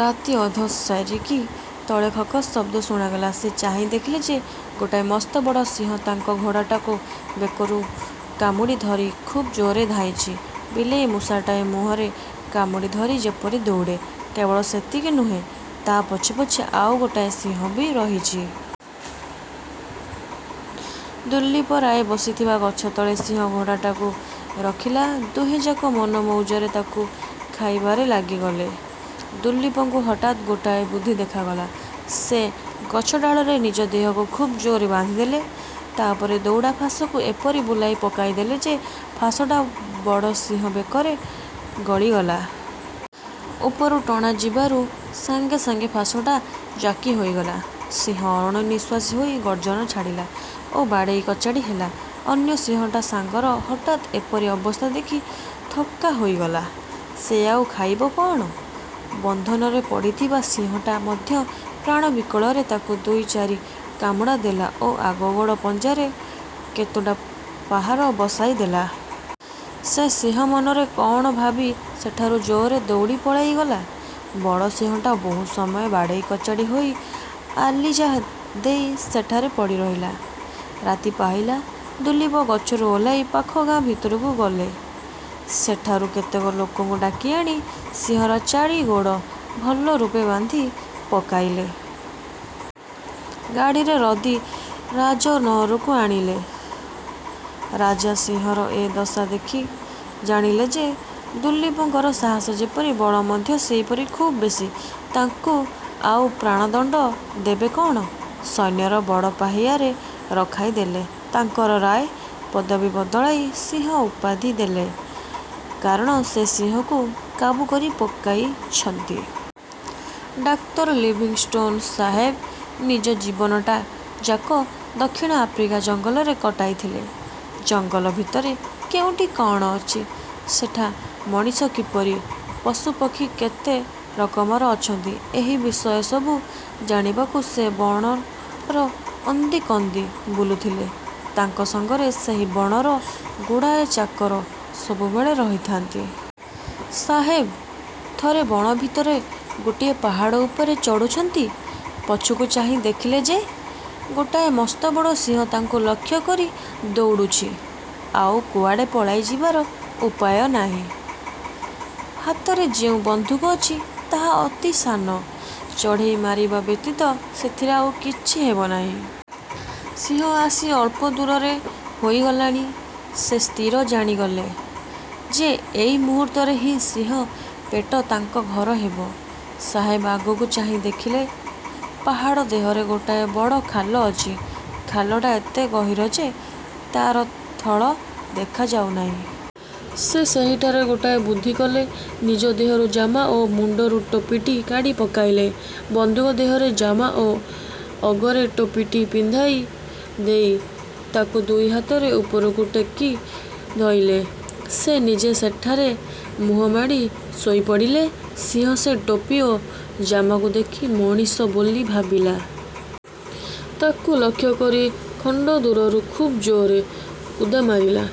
ରାତି ଅଧ ସରିକି ତଳେ ଖସ୍ଖସ୍ ଶବ୍ଦ ଶୁଣାଗଲା। ସେ ଚାହିଁ ଦେଖିଲେ ଯେ, ଗୋଟାଏ ମସ୍ତବଡ଼ ସିଂହ ତାଙ୍କ ଘୋଡ଼ାଟାକୁ ବେକରୁ କାମୁଡ଼ି ଧରି ଖୁବ ଜୋରରେ ଧାଇଁଛି-ବିଲେଇ ମୂଷାଟାଏ ମୁହଁରେ କାମୁଡ଼ି ଧରି ଯେପରି ଦଉଡ଼େ। କେବଳ ସେତିକି ନୁହେଁ, ତା' ପଛେ ପଛେ ଆଉ ଗୋଟାଏ ସିଂହ ବି ରହିଛି। ଦୁଲୀପ ରାୟ ବସିଥିବା ଗଛତଳେ ସିଂହ ଘୋଡ଼ାଟାକୁ ରଖିଲା। ଦୁହେଁଯାକ ମନମଉଜରେ ତାକୁ ଖାଇବାରେ ଲାଗିଗଲେ। ଦୁଲୀପଙ୍କୁ ହଠାତ୍ ଗୋଟାଏ ବୁଦ୍ଧି ଦେଖାଗଲା। ସେ ଗଛ ଡାଳରେ ନିଜ ଦେହକୁ ଖୁବ୍ ଜୋରରେ ବାନ୍ଧିଦେଲେ। ତା'ପରେ ଦଉଡ଼ା ଫାଶକୁ ଏପରି ବୁଲାଇ ପକାଇଦେଲେ ଯେ, ଫାଶଟା ବଡ଼ ସିଂହ ବେକରେ ଗଳିଗଲା। ଉପରୁ ଟଣା ଯିବାରୁ ସାଙ୍ଗେ ସାଙ୍ଗେ ଫାଶଟା ଜାକି ହୋଇଗଲା-। ସିଂହ ଅଣନିଃଶ୍ଵାସୀ ହୋଇ ଗର୍ଜନ ଛାଡ଼ିଲା ଓ ବାଡ଼େଇକଚାଡ଼ି ହେଲା। ଅନ୍ୟ ସିଂହଟା ସାଙ୍ଗର ହଠାତ୍ ଏପରି ଅବସ୍ଥା ଦେଖି ଥକା ହୋଇଗଲା। ସେ ଆଉ ଖାଇବ କଅଣ? ବନ୍ଧନରେ ପଡ଼ିଥିବା ସିଂହଟା ମଧ୍ୟ ପ୍ରାଣବିକଳରେ ତାକୁ ଦୁଇ ଚାରି କାମୁଡ଼ା ଦେଲା ଓ ଆଗ ଗୋଡ଼ ପଞ୍ଝାରେ କେତୁଟା ପାହାର ବସାଇ ଦେଲା। ସେ ସିଂହ ମନରେ କଅଣ ଭାବି ସେଠାରୁ ଜୋରରେ ଦଉଡ଼ି ପଳାଇଗଲା। ବଡ଼ ସିଂହଟା ବହୁ ସମୟ ବାଡ଼େଇ କଚାଡ଼ି ହୋଇ ଆଲିଜା ଦେଇ ସେଠାରେ ପଡ଼ିରହିଲା। ରାତି ପାହିଲା, ଦୁଲୀପ ଗଛରୁ ଓହ୍ଲାଇ ପାଖ ଗାଁ ଭିତରକୁ ଗଲେ। ସେଠାରୁ କେତେକ ଲୋକଙ୍କୁ ଡାକିଆଣି ସିଂହର ଚାରି ଗୋଡ଼ ଭଲ ରୂପେ ବାନ୍ଧି ପକାଇଲେ। ଗାଡ଼ିରେ ଲଦି ରାଜନଅରକୁ ଆଣିଲେ। ରାଜା ସିଂହର ଏ ଦଶା ଦେଖି ଜାଣିଲେ ଯେ, ଦୁଲୀପଙ୍କର ସାହସ ଯେପରି, ବଳ ମଧ୍ୟ ସେହିପରି ଖୁବ୍ ବେଶୀ। ତାଙ୍କୁ ଆଉ ପ୍ରାଣଦଣ୍ଡ ଦେବେ କଅଣ; ସୈନ୍ୟର ବଡ଼ ପାହିଆରେ ରଖାଇ ଦେଲେ। ତାଙ୍କର ''ରାୟ'' ପଦବୀ ବଦଳାଇ ''ସିଂହ'' ଉପାଧି ଦେଲେ-କାରଣ ସେ ସିଂହକୁ କାବୁ କରି ପକାଇଛନ୍ତି। ଡାକ୍ତର ଲିଭିଂଷ୍ଟୋନ ସାହେବ ନିଜ ଜୀବନଟାଯାକ ଦକ୍ଷିଣ ଆଫ୍ରିକା ଜଙ୍ଗଲରେ କଟାଇଥିଲେ। ଜଙ୍ଗଲ ଭିତରେ କେଉଁଠି କଅଣ ଅଛି, ସେଠା ମଣିଷ କିପରି, ପଶୁପକ୍ଷୀ କେତେ ରକମର ଅଛନ୍ତି-ଏହି ବିଷୟସବୁ ଜାଣିବାକୁ ସେ ବଣର ଅନ୍ଦିକନ୍ଦି ବୁଲୁଥିଲେ। ତାଙ୍କ ସଙ୍ଗରେ ସେହି ବଣର ଗୁଡ଼ିଏ ଚାକର ସବୁବେଳେ ରହିଥାନ୍ତି। ସାହେବ ଥରେ ବଣ ଭିତରେ ଗୋଟିଏ ପାହାଡ଼ ଉପରେ ଚଢ଼ୁଛନ୍ତି-ପଛକୁ ଚାହିଁ ଦେଖିଲେ ଯେ, ଗୋଟାଏ ମସ୍ତବଡ଼ ସିଂହ ତାଙ୍କୁ ଲକ୍ଷ୍ୟ କରି ଦଉଡ଼ୁଛି। ଆଉ କୁଆଡ଼େ ପଳାଇ ଯିବାର ଉପାୟ ନାହିଁ। ହାତରେ ଯେଉଁ ବନ୍ଧୁକ ଅଛି, ତାହା ଅତି ସାନ-ଚଢ଼େଇ ମାରିବା ବ୍ୟତୀତ ସେଥିରେ ଆଉ କିଛି ହେବ ନାହିଁ। ସିଂହ ଆସି ଅଳ୍ପ ଦୂରରେ ହୋଇଗଲାଣି। ସେ ସ୍ଥିର ଜାଣିଗଲେ ଯେ, ଏଇ ମୁହୂର୍ତ୍ତରେ ହିଁ ସିଂହ ପେଟ ତାଙ୍କ ଘର ହେବ। ସାହେବ ଆଗକୁ ଚାହିଁ ଦେଖିଲେ; ପାହାଡ଼ ଦେହରେ ଗୋଟାଏ ବଡ଼ ଖାଲ ଅଛି। ଖାଲଟା ଏତେ ଗହୀର ଯେ, ତା'ର ତଳ ଦେଖାଯାଉନାହିଁ। ସେ ସେଇଠାରେ ଗୋଟାଏ ବୁଦ୍ଧି କଲେ। ନିଜ ଦେହରୁ ଜାମା ଓ ମୁଣ୍ଡରୁ ଟୋପିଟି କାଢ଼ି ପକାଇଲେ। ବନ୍ଧୁକ ଦେହରେ ଜାମା ଓ ଅଗରେ ଟୋପିଟି ପିନ୍ଧାଇ ଦେଇ ତାକୁ ଦୁଇ ହାତରେ ଉପରକୁ ଟେକି ଧଇଲେ। ସେ ନିଜେ ସେଠାରେ ମୁହଁମାଡ଼ି ଶୋଇପଡ଼ିଲେ। ସିଂହ ସେ ଟୋପି ଓ ଜାମାକୁ ଦେଖି ମଣିଷ ବୋଲି ଭାବିଲା। ତାକୁ ଲକ୍ଷ୍ୟକରି ଖଣ୍ଡଦୂରରୁ ଖୁବ୍ ଜୋରରେ କୁଦା ମାରିଲା।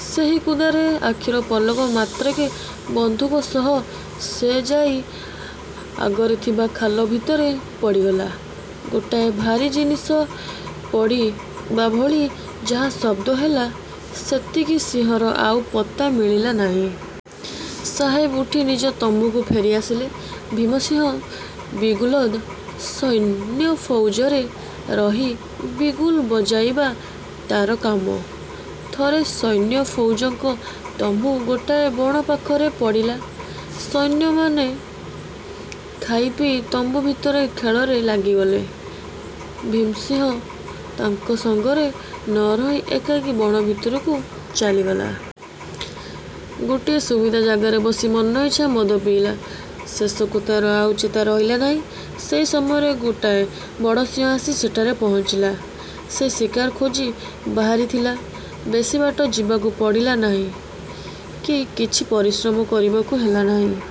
ସେହି କୁଦାରେ ଆଖିର ପଲକ ମାତ୍ରକେ ବନ୍ଧୁକ ସହ ସେ ଯାଇ ଆଗରେ ଥିବା ଖାଲ ଭିତରେ ପଡ଼ିଗଲା। ଗୋଟାଏ ଭାରୀ ଜିନିଷ ପଡ଼ିବାଭଳି ଯାହା ଶବ୍ଦ ହେଲା, ସେତିକି-ସିଂହର ଆଉ ପତ୍ତା ମିଳିଲା ନାହିଁ। ସାହେବ ଉଠି ନିଜ ତମ୍ବୁକୁ ଫେରିଆସିଲେ। ଭୀମସିଂହ ବିଗୁଲଦ। ସୈନ୍ୟଫଉଜରେ ରହି ବିଗୁଲ୍ ବଜାଇବା ତା'ର କାମ। ଥରେ ସୈନ୍ୟଫଉଜଙ୍କ ତମ୍ବୁ ଗୋଟାଏ ବଣ ପାଖରେ ପଡ଼ିଲା। ସୈନ୍ୟମାନେ ଖାଇପିଇ ତମ୍ବୁ ଭିତରେ ଖେଳରେ ଲାଗିଗଲେ। ଭୀମ ସିଂହ ତାଙ୍କ ସଙ୍ଗରେ ନ ରହି ଏକାକୀ ବଣ ଭିତରକୁ ଚାଲିଗଲା। ଗୋଟିଏ ସୁବିଧା ଜାଗାରେ ବସି ମନଇଚ୍ଛା ମଦ ପିଇଲା। ଶେଷକୁ ତା'ର ଆଉ ଚେତା ରହିଲା ନାହିଁ। ସେହି ସମୟରେ ଗୋଟାଏ ବଡ଼ ସିଂହ ଆସି ସେଠାରେ ପହଞ୍ଚିଲା। ସେ ଶିକାର ଖୋଜି ବାହାରିଥିଲା। ବେଶୀ ବାଟ ଯିବାକୁ ପଡ଼ିଲା ନାହିଁ କି କିଛି ପରିଶ୍ରମ କରିବାକୁ ହେଲା ନାହିଁ-।